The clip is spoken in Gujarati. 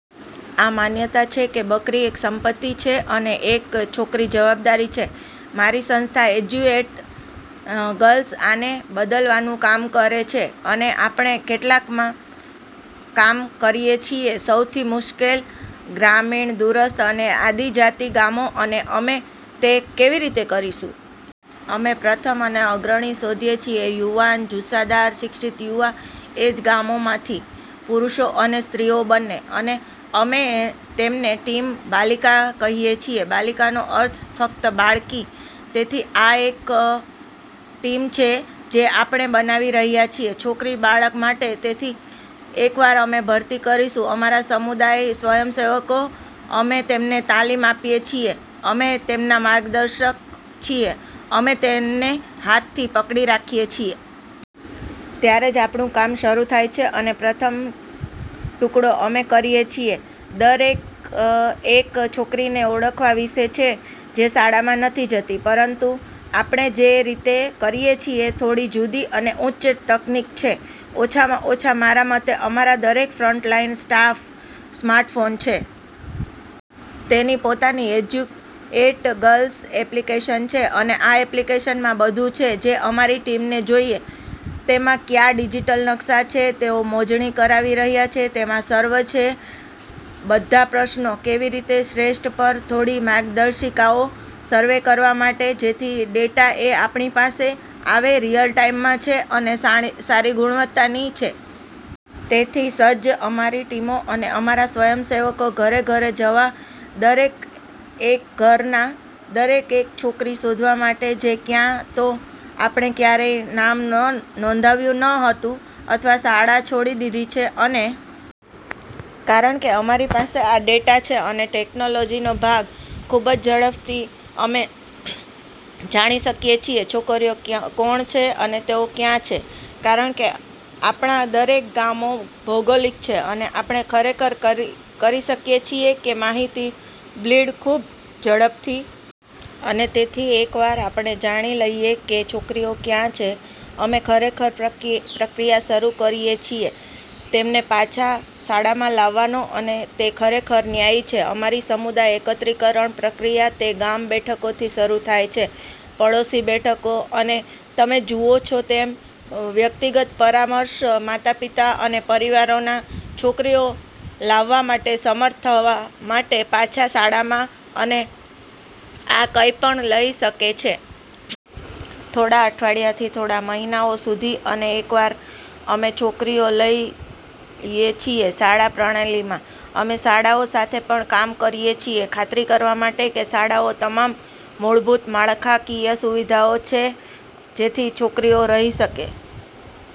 આ માન્યતા છે કે બકરી એક સંપત્તિ છે અને એક છોકરી જવાબદારી છે. મારી સંસ્થા એજ્યુએટ ગર્લ્સ આને બદલવાનું કામ કરે છે. અને આપણે કેટલાકમાં કામ કરીએ છીએ સૌથી મુશ્કેલ, ગ્રામીણ, દૂરસ્થ અને આદિજાતિ ગામો અને અમે તે કેવી રીતે કરીશું? અમે પ્રથમ અને અગ્રણી શોધીએ છીએ યુવાન, જુસ્સાદાર, શિક્ષિત યુવા એ જ ગામોમાંથી. પુરુષો અને સ્ત્રીઓ બંને. અને અમે તેમને ટીમ બાલિકા કહીએ છીએ, બાલિકાનો અર્થ ફક્ત બાળકી, તેથી આ એક ટીમ છે જે આપણે બનાવી રહ્યા છીએ છોકરી બાળક માટે અને તેથી એકવાર અમે ભરતી કરીશું અમારા સમુદાય સ્વયંસેવક અમે તેમને તાલીમ આપીએ છીએ, અમે તેમના માર્ગદર્શક છીએ, અમે તેમને હાથથી પકડી રાખીએ છીએ. ત્યારે જ આપણું કામ શરૂ થાય છે અને પ્રથમ ટુકડો અમે કરીએ છીએ. દરેક એક છોકરીને ઓળખવા વિશે છે જે શાળામાં નથી જતો. પરંતુ આપણે જે રીતે કરીએ છીએ થોડી જુદી અને ઉચ્ચ તકનીક છે, ઓછામાં ઓછા મારા મતે અમારા દરેક ફ્રન્ટલાઈન સ્ટાફ સ્માર્ટફોન છે. તેની પોતાની એજ્યુએટ ગર્લ્સ એપ્લિકેશન છે અને આ એપ્લિકેશનમાં બધું છે, જે અમારી ટીમને જોઈએ. તેમાં ક્યાં ડિજિટલ નકશા છે તેઓ મોજણી કરાવી રહ્યા છે, તેમાં સર્વે છે, બધા પ્રશ્નો, કેવી રીતે શ્રેષ્ઠ પર થોડી માર્ગદર્શિકાઓ સર્વે કરવા માટે, જેથી ડેટા જે આપણી પાસે આવે રીઅલ ટાઇમમાં છે અને સારી ગુણવત્તાની છે. તેથી સજ્જ, અમારી ટીમો અને અમારા સ્વયંસેવકો ઘરે ઘરે જવા દરેક એક ઘરના દરેક એક છોકરી શોધવા માટે જે ક્યાં તો આપણે ક્યારેય નામ નોંધાવ્યું ન હતું અથવા શાળા છોડી દીધી છે. અને કારણ કે અમારી પાસે આ ડેટા છે અને ટેકનોલોજી ભાગ, ખૂબ જ ઝડપથી અમે જાણી શકીએ છીએ છોકરીઓ કોણ છે અને તેઓ ક્યાં છે, કારણ કે આપણા દરેક ગામો ભૌગોલિક છે, અને આપણે ખરેખર કરી શકીએ છીએ કે માહિતી બિલ્ડ ખૂબ જ ઝડપથી. અને તેથી એકવાર આપણે જાણી લઈએ કે છોકરીઓ ક્યાં છે. અમે ખરેખર પ્રક્રિયા શરૂ કરીએ છીએ તેમને પાછા શાળામાં લાવવાનો અને તે ખરેખર ન્યાયી છે. અમારી સમુદાય એકત્રીકરણ પ્રક્રિયા, તે ગામ બેઠકોથી શરૂ થાય છે, પડોશી બેઠકો, અને તમે જુઓ છો તેમ, વ્યક્તિગત પરામર્શ માતાપિતા અને પરિવારોના, છોકરીઓ લાવવા માટે સમર્થ થવા માટે પાછા શાળામાં અને આ કંઈપણ લઈ શકે છે. થોડા અઠવાડિયાથી થોડા મહિનાઓ સુધી અને એકવાર અમે છોકરીઓ લઈએ છીએ શાળા પ્રણાલીમાં, અમે શાળાઓ સાથે પણ કામ કરીએ છીએ ખાતરી કરવા માટે કે શાળાઓ તમામ મૂળભૂત માળખાકીય સુવિધાઓ છે જેથી છોકરીઓ રહી શકશે.